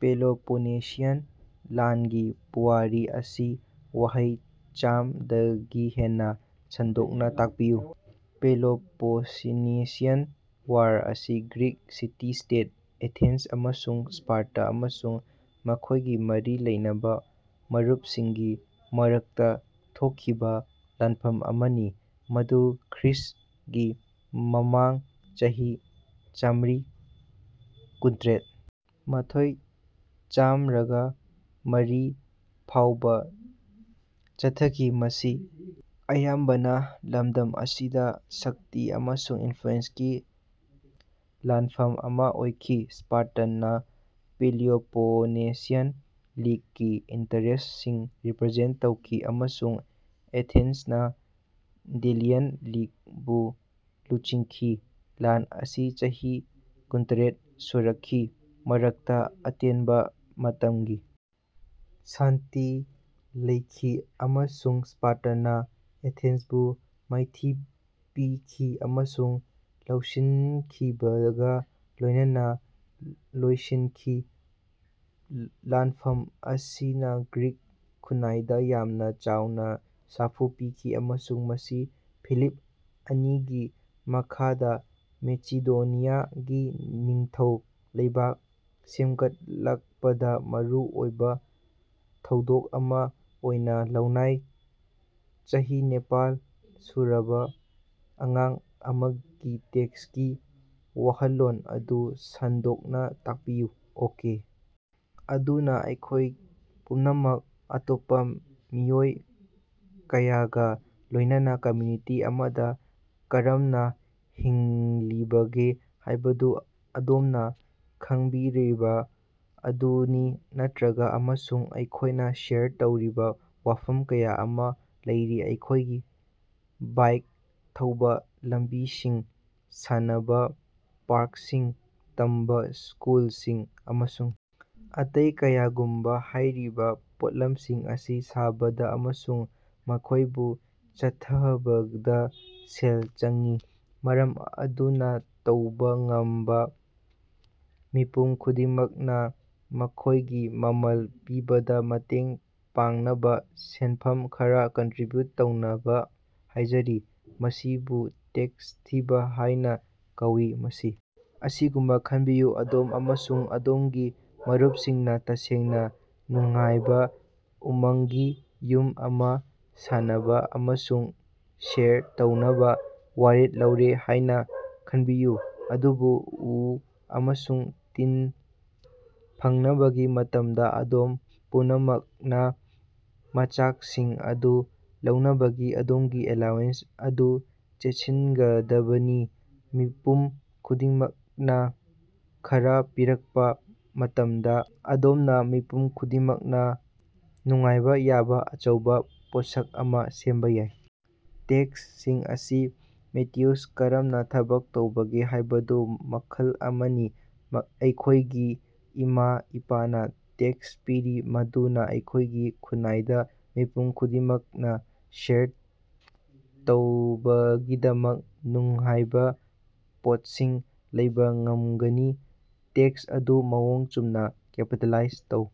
Peloponnesian ꯂꯥꯟꯒꯤ ꯄꯨꯋꯥꯔꯤ ꯑꯁꯤ ꯋꯥꯍꯩ ꯆꯥꯃ ꯗꯒꯤ ꯍꯦꯟꯅ ꯁꯟꯗꯣꯛꯅ ꯇꯥꯛꯄꯤꯌꯨ꯫ ꯄꯦꯂꯣꯄꯣꯅꯦꯁꯤꯌꯥꯟ ꯋꯥꯔ ꯑꯁꯤ ꯒ꯭ꯔꯤꯛ ꯁꯤꯇꯤ-ꯁ꯭ꯇꯦꯠ ꯑꯦꯊꯦꯟꯁ ꯑꯃꯁꯨꯡ ꯁ꯭ꯄꯥꯔꯇꯥ, ꯑꯃꯁꯨꯡ ꯃꯈꯣꯏꯒꯤ ꯃꯔꯤ ꯂꯩꯅꯕ ꯃꯔꯨꯞꯁꯤꯡꯒꯤ ꯃꯔꯛꯇ ꯊꯣꯛꯈꯤꯕ ꯂꯥꯟꯐꯝ ꯑꯃꯅꯤ, ꯃꯗꯨ ꯈ꯭ꯔ꯭ꯏꯁ꯭ꯇꯒꯤ ꯃꯃꯥꯡ ꯆꯍꯤ ꯆꯥꯃ꯭ꯔꯤ ꯀꯨꯟꯊ꯭ꯔ ꯃꯊꯣꯏ-ꯆꯃ꯭ꯔꯒ ꯃꯔꯤ ꯐꯥꯎꯕ ꯆꯠꯊꯈꯤ꯫ ꯃꯁꯤ ꯑꯌꯥꯝꯕꯅ ꯂꯝꯗꯝ ꯑꯁꯤꯗ ꯁꯛꯇꯤ ꯑꯃꯁꯨꯡ ꯏꯅꯐ꯭ꯂꯨꯑꯦꯟꯁꯀꯤ ꯂꯥꯟꯐꯝ ꯑꯃ ꯑꯣꯏꯈꯤ, ꯁ꯭ꯄꯥꯔꯇꯅ ꯄꯦꯂꯣꯄꯣꯅꯦꯁꯤꯌꯥꯟ ꯂꯤꯒꯀꯤ ꯏꯟꯇꯔꯦꯁ꯭ꯇꯁꯤꯡ ꯔꯤꯄ꯭ꯔꯖꯦꯟꯠ ꯇꯧꯈꯤ ꯑꯃꯁꯨꯡ ꯑꯦꯊꯦꯟꯁꯅ ꯗꯦꯂꯤꯌꯟ ꯂꯤꯒꯄꯨ ꯂꯨꯆꯤꯡꯈꯤ꯫ ꯂꯥꯟ ꯑꯁꯤ ꯆꯍꯤ ꯀꯨꯟꯇꯔꯦꯠ ꯁꯨꯔꯛꯈꯤ, ꯃꯔꯛꯇ ꯑꯇꯦꯟꯕ ꯃꯇꯝꯒꯤ ꯁꯥꯟꯇꯤ ꯂꯩꯈꯤ, ꯑꯃꯁꯨꯡ ꯁ꯭ꯄꯥꯔꯇꯅ ꯑꯦꯊꯦꯟꯁꯄꯨ ꯃꯥꯏꯊꯤ ꯄꯤꯈꯤ ꯑꯃꯁꯨꯡ ꯂꯧꯁꯤꯟꯈꯤꯕꯒ ꯂꯣꯏꯅꯅ ꯂꯣꯏꯁꯤꯟꯈꯤ꯫ ꯂꯥꯟꯐꯝ ꯑꯁꯤꯅ ꯒ꯭ꯔꯤꯛ ꯈꯨꯟꯅꯥꯏꯗ ꯌꯥꯝꯅ ꯆꯥꯎꯅ ꯁꯥꯐꯨ ꯄꯤꯈꯤ ꯑꯃꯁꯨꯡ ꯃꯁꯤ ꯐꯤꯂꯤꯞ ꯑꯅꯤꯒꯤ ꯃꯈꯥꯗ ꯃꯦꯁꯤꯗꯣꯅꯤꯌꯥꯒꯤ ꯅꯤꯡꯊꯧ ꯂꯩꯕꯥꯛ ꯁꯦꯝꯒꯠꯂꯛꯄꯗꯥ ꯃꯔꯨꯑꯣꯏꯕ ꯊꯧꯗꯣꯛ ꯑꯃꯥ ꯑꯣꯏꯅ ꯂꯧꯅꯩ꯫ ꯆꯍꯤ ꯅꯤꯄꯥꯜ ꯁꯨꯔꯕ ꯑꯉꯥꯡ ꯑꯃꯒꯤ ꯇꯦꯛꯁꯀꯤ ꯋꯥꯍꯜꯂꯣꯟ ꯑꯗꯨ ꯁꯟꯗꯣꯛꯅ ꯇꯥꯛꯄꯤꯌꯨ꯫ ꯑꯣꯀꯦ! ꯑꯗꯨꯅꯥ, ꯑꯩꯈꯣꯏ ꯄꯨꯝꯅꯃꯛ ꯑꯇꯣꯞꯄ ꯃꯤꯑꯣꯏ ꯀꯌꯥꯒ ꯂꯣꯏꯅꯅ ꯀꯝꯌꯨꯅꯤꯇꯤ ꯑꯃꯗ ꯀꯔꯝꯅ ꯍꯤꯡꯂꯤꯕꯒꯦ ꯍꯥꯌꯕꯗꯨ ꯑꯗꯣꯝꯅ ꯈꯪꯕꯤꯔꯤꯕ ꯑꯗꯨꯅꯤ, ꯅꯠꯇ꯭ꯔꯥꯒ? ꯑꯃꯁꯨꯡ ꯑꯩꯈꯣꯏꯅ ꯁꯦꯌꯔ ꯇꯧꯔꯤꯕ ꯋꯥꯐꯝ ꯀꯌꯥ ꯑꯃ ꯂꯩꯔꯤ ꯑꯩꯈꯣꯏꯒꯤ ꯕꯥꯏꯛ ꯊꯧꯕ ꯂꯝꯕꯤꯁꯤꯡ, ꯁꯥꯟꯅꯕ ꯄꯥ꯭ꯔꯛꯁꯤꯡ, ꯇꯝꯕ ꯁ꯭ꯀꯨꯂꯁꯤꯡ ꯑꯃꯁꯨꯡ ꯑꯇꯩ ꯀꯌꯥꯒꯨꯝꯕꯥ꯫ ꯍꯥꯏꯔꯤꯕ ꯄꯣꯠꯂꯝꯁꯤꯡ ꯑꯁꯤ ꯁꯥꯕꯗ ꯑꯃꯁꯨꯡ ꯃꯈꯣꯏꯕꯨ ꯆꯠꯊꯕꯗ ꯁꯦꯜ ꯆꯪꯏ, ꯃꯔꯝ ꯑꯗꯨꯅ ꯇꯧꯕ ꯉꯝꯕꯥ ꯃꯤꯄꯨꯝ ꯈꯨꯗꯤꯡꯃꯛꯅ, ꯃꯈꯣꯏꯒꯤ ꯃꯃꯜ ꯄꯤꯕꯗ ꯃꯇꯦꯡ ꯄꯥꯡꯅꯕ ꯁꯦꯟꯐꯝ ꯈꯔ ꯀꯟꯇ꯭ꯔꯤꯕ꯭ꯌꯨꯠ ꯇꯧꯅꯕ ꯍꯥꯏꯖꯔꯤ꯫ ꯃꯁꯤꯕꯨ ꯇꯦꯛꯁ ꯊꯤꯕ ꯍꯥꯏꯅꯥ ꯀꯧꯏ꯫ ꯃꯁꯤ ꯑꯁꯤꯒꯨꯝꯅ ꯈꯟꯕꯤꯌꯨ ꯑꯗꯣꯝ ꯑꯃꯁꯨꯡ ꯑꯗꯣꯝꯒꯤ ꯃꯔꯨꯞꯁꯤꯡꯅ ꯇꯁꯦꯡꯅ ꯅꯨꯡꯉꯥꯏꯕ ꯎꯃꯪꯒꯤ ꯌꯨꯝ ꯑꯃ ꯁꯥꯅꯕ ꯑꯃꯁꯨꯡ ꯁꯦꯌꯔ ꯇꯧꯅꯕ ꯋꯥꯔꯦꯞ ꯂꯧꯔꯦ ꯍꯥꯏꯅ ꯈꯟꯕꯤꯌꯨ꯫ ꯑꯗꯨꯕꯨ, ꯎ ꯑꯃꯁꯨꯡ ꯇꯤꯟ ꯐꯪꯅꯕꯒꯤ ꯃꯇꯝꯗ, ꯑꯗꯣꯝ ꯄꯨꯝꯅꯃꯛꯅ ꯃꯆꯥꯛꯁꯤꯡ ꯑꯗꯨ ꯂꯧꯅꯕꯒꯤ ꯑꯗꯣꯝꯒꯤ ꯑꯦꯂꯥꯋꯦꯟꯁ ꯑꯗꯨ ꯆꯦꯠꯁꯤꯒꯗꯕꯅꯤ꯫ ꯃꯤꯄꯨꯝ ꯈꯨꯗꯤꯡꯃꯛꯅ ꯈꯔ ꯄꯤꯔꯛꯄ ꯃꯇꯝꯗ, ꯑꯗꯣꯝꯅ ꯃꯤꯄꯨꯝ ꯈꯨꯗꯤꯡꯃꯛꯅ ꯅꯨꯡꯉꯥꯏꯕ ꯌꯥꯕ ꯑꯆꯧꯕ ꯄꯣꯠꯁꯛ ꯑꯃ ꯁꯦꯝꯕ ꯌꯥꯏ! ꯇꯦꯛꯁꯁꯤꯡ ꯑꯁꯤ ꯃꯇꯤꯎ ꯀꯔꯝꯅ ꯊꯕꯛ ꯇꯧꯕꯒꯦ ꯍꯥꯏꯕꯗꯨ ꯃꯈꯜ ꯑꯃꯅꯤ꯫ ꯑꯩꯈꯣꯏꯒꯤ ꯏꯃꯥ-ꯏꯄꯥꯅ ꯇꯦꯛꯁ ꯄꯤꯔꯤ ꯃꯗꯨꯅ ꯑꯩꯈꯣꯏꯒꯤ ꯈꯨꯟꯅꯥꯏꯗ ꯃꯤꯄꯨꯝ ꯈꯨꯗꯤꯡꯃꯛꯅ ꯁꯦꯌꯔ ꯇꯧꯕꯒꯤꯗꯃꯛ ꯅꯨꯡꯉꯥꯏꯕ ꯄꯣꯠꯁꯤꯡ ꯂꯩꯕ ꯉꯝꯒꯅꯤ꯫ ꯇꯦꯛꯁ ꯑꯗꯨ ꯃꯑꯣꯡ ꯆꯨꯝꯅ ꯀꯦꯄꯤꯇꯦꯂꯥꯏꯖ ꯇꯧ꯫